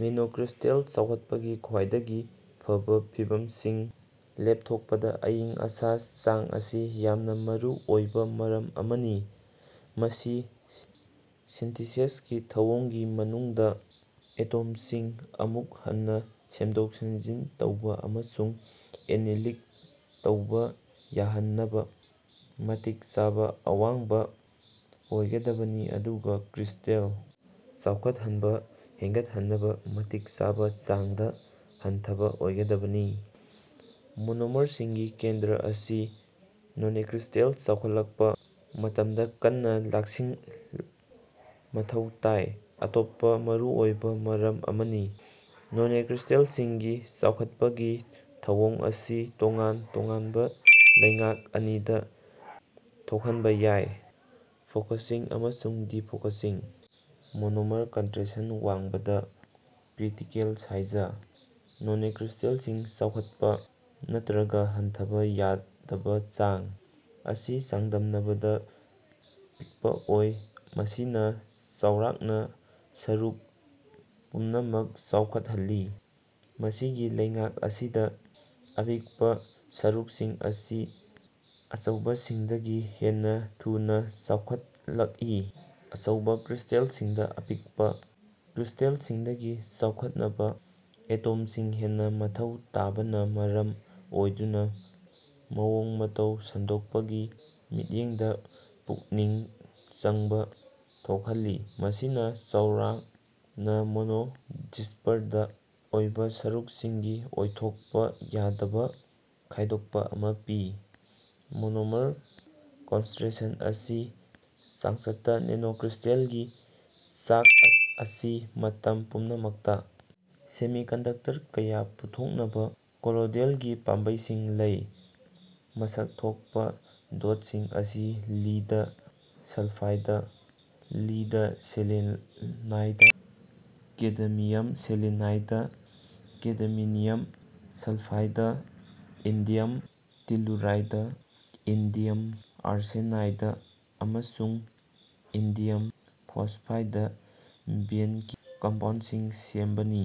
Nanocrystal ꯆꯥꯎꯈꯠꯄꯒꯤ ꯈ꯭ꯋꯥꯏꯗꯒꯤ ꯐꯕ ꯐꯤꯚꯝꯁꯤꯡ ꯂꯦꯞꯊꯣꯛꯄꯗ ꯑꯏꯪ-ꯑꯁꯥꯒꯤ ꯆꯥꯡ ꯑꯁꯤ ꯌꯥꯝꯅ ꯃꯔꯨ ꯑꯣꯏꯕ ꯃꯔꯝ ꯑꯃꯅꯤ꯫ ꯃꯁꯤ ꯁꯤꯟꯇꯤꯁꯦꯁꯀꯤ ꯊꯧꯑꯣꯡꯒꯤ ꯃꯅꯨꯡꯗ ꯑꯦꯇꯣꯝꯁꯤꯡ ꯑꯃꯨꯛ ꯍꯟꯅ ꯁꯦꯝꯗꯣꯛ-ꯁꯦꯝꯖꯤꯟ ꯇꯧꯕ ꯑꯃꯁꯨꯡ ꯑꯦꯅꯤꯂꯤꯡ ꯇꯧꯕ ꯌꯥꯍꯟꯅꯕ ꯃꯇꯤꯛ ꯆꯥꯕ ꯑꯋꯥꯡꯕ ꯑꯣꯏꯒꯗꯕꯅꯤ ꯑꯗꯨꯒ ꯀ꯭ꯔꯤꯁꯇꯜ ꯆꯥꯎꯈꯠꯍꯟꯕ ꯍꯦꯟꯒꯠꯍꯟꯅꯕ ꯃꯇꯤꯛ ꯆꯥꯕ ꯆꯥꯡꯗ ꯍꯟꯊꯕ ꯑꯣꯏꯒꯗꯕꯅꯤ꯫ ꯃꯣꯅꯣꯃꯔꯁꯤꯡꯒꯤ ꯀꯦꯟꯗ꯭ꯔ ꯑꯁꯤ ꯅꯦꯅꯣꯀ꯭ꯔꯤꯁꯇꯜ ꯆꯥꯎꯈꯠꯂꯛꯄ ꯃꯇꯝꯗ ꯀꯟꯅ ꯂꯥꯛꯁꯤꯟꯕ ꯃꯊꯧ ꯇꯥꯕ ꯑꯇꯣꯞꯄ ꯃꯔꯨꯑꯣꯏꯕ ꯃꯔꯝ ꯑꯃꯅꯤ꯫ ꯅꯦꯅꯣꯀ꯭ꯔꯤꯁꯇꯜꯁꯤꯡꯒꯤ ꯆꯥꯎꯈꯠꯄꯒꯤ ꯊꯧꯑꯣꯡ ꯑꯁꯤ ꯇꯣꯉꯥꯟ-ꯇꯣꯉꯥꯟꯕ ꯂꯩꯉꯥꯛ ꯑꯅꯤꯗ ꯊꯣꯛꯍꯟꯕ ꯌꯥꯏ: "ꯐꯣꯀꯁꯤꯡ" ꯑꯃꯁꯨꯡ "ꯗꯤꯐꯣꯀꯁꯤꯡ"꯫ ꯃꯣꯅꯣꯃꯔ ꯀꯟꯇ꯭ꯔꯦꯁꯟ ꯋꯥꯡꯕꯗ, ꯀ꯭ꯔꯤꯇꯤꯀꯦꯜ ꯁꯥꯏꯖ (ꯅꯦꯅꯣꯀ꯭ꯔꯤꯁꯇꯜꯁꯤꯡ ꯆꯥꯎꯈꯠꯄ ꯅꯠꯇ꯭ꯔꯒ ꯍꯟꯊꯕ ꯌꯥꯗꯕ ꯆꯥꯡ) ꯑꯁꯤ ꯆꯥꯡꯗꯝꯅꯕꯗ ꯄꯤꯛꯄ ꯑꯣꯏ, ꯃꯁꯤꯅ ꯆꯥꯎꯔꯥꯛꯅ ꯁꯔꯨꯛ ꯄꯨꯝꯅꯃꯛ ꯆꯥꯎꯈꯠꯍꯜꯂꯤ꯫ ꯃꯁꯤꯒꯤ ꯂꯩꯉꯥꯛ ꯑꯁꯤꯗ, ꯑꯄꯤꯛꯄ ꯁꯔꯨꯛꯁꯤꯡ ꯑꯁꯤ ꯑꯆꯧꯕꯁꯤꯡꯗꯒꯤ ꯍꯦꯟꯅ ꯊꯨꯅ ꯆꯥꯎꯈꯠꯂꯛꯏ (ꯑꯆꯧꯕ ꯀ꯭ꯔꯤꯁ꯭ꯇꯦꯜꯁꯤꯡꯗ ꯑꯄꯤꯛꯄ ꯀ꯭ꯔꯤꯁꯇꯜꯁꯤꯡꯗꯒꯤ ꯆꯥꯎꯈꯠꯅꯕ ꯑꯦꯇꯣꯝꯁꯤꯡ ꯍꯦꯟꯅ ꯃꯊꯧ ꯇꯥꯕꯅ ꯃꯔꯝ ꯑꯣꯏꯗꯨꯅ ꯃꯑꯣꯡ-ꯃꯇꯧ ꯁꯟꯗꯣꯛꯄꯒꯤ ꯃꯤꯠꯌꯦꯡꯗ ꯄꯨꯛꯅꯤꯡ ꯆꯪꯕꯥ ꯊꯣꯛꯍꯜꯂꯤ, ꯃꯁꯤꯅ ꯆꯥꯎꯔꯥꯛꯅ ꯃꯣꯅꯣꯗꯤꯁꯄꯔꯗ ꯑꯣꯏꯕ ꯁꯔꯨꯛꯁꯤꯡꯒꯤ ꯑꯣꯏꯊꯣꯛꯄ ꯌꯥꯗꯕ ꯈꯥꯏꯗꯣꯛꯄ ꯑꯃ ꯄꯤ꯫ ꯃꯣꯅꯣꯃꯔ ꯀꯣꯟꯁꯇ꯭ꯔꯦꯁꯟ ꯑꯁꯤ ꯆꯥꯡꯆꯠꯇ ꯅꯦꯅꯣꯀ꯭ꯔꯤꯁꯇꯜꯒꯤ ꯆꯥꯡ ꯑꯁꯤ ꯃꯇꯝ ꯄꯨꯝꯅꯃꯛꯇ ꯁꯦꯃꯤꯀꯟꯗꯛꯇꯔ ꯀꯌꯥ ꯄꯨꯊꯣꯛꯅꯕ ꯀꯣꯂꯣꯏꯗꯦꯜꯒꯤ ꯄꯥꯝꯕꯩꯁꯤꯡ ꯂꯩ꯫ ꯃꯁꯛ ꯊꯣꯛꯄ ꯗꯣꯠꯁꯤꯡ ꯑꯁꯤ lead sulphide, lead selenide, cadmium selenide, cadmium sulphide, ꯀꯦꯗꯤꯃꯤꯅ꯭ꯌꯝꯒꯤ ꯇꯦꯂꯨꯔꯥꯏꯗ, ꯏꯟꯗꯤꯌꯝ ꯑꯥꯔꯁꯦꯅꯥꯏꯗ, ꯑꯃꯁꯨꯡ ꯏꯟꯗꯤꯌꯝ ꯐꯣꯁꯐꯥꯏꯗ ꯕꯦꯅꯔꯤ ꯀꯝꯄꯥꯎꯟꯁꯤꯡꯅ ꯁꯦꯝꯕꯅꯤ꯫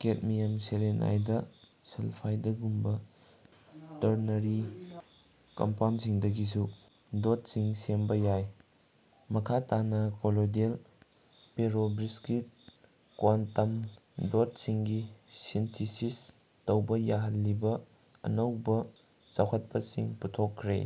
ꯀꯦꯗꯃꯤꯌꯝ ꯁꯦꯂꯦꯅꯥꯏꯗ ꯁꯜꯐꯥꯏꯗꯒꯨꯝꯕ ꯇꯔꯅꯔꯤ ꯀꯝꯄꯥꯎꯟꯁꯤꯡꯗꯒꯤꯁꯨ ꯗꯣꯠꯁꯤꯡ ꯁꯦꯝꯕ ꯌꯥꯏ꯫ ꯃꯈꯥ ꯇꯥꯅ, ꯀꯣꯂꯣꯏꯗꯦꯜ ꯄꯦꯔꯣꯚꯁ꯭ꯀꯤꯠ ꯀ꯭ꯋꯥꯟꯇꯝ ꯗꯣꯠꯁꯤꯡꯒꯤ ꯁꯤꯟꯊꯤꯁꯤꯁ ꯇꯧꯕ ꯌꯥꯍꯜꯂꯤꯕ ꯑꯅꯧꯕ ꯆꯥꯎꯈꯠꯄꯁꯤꯡ ꯄꯨꯊꯣꯛꯈ꯭ꯔꯦ꯫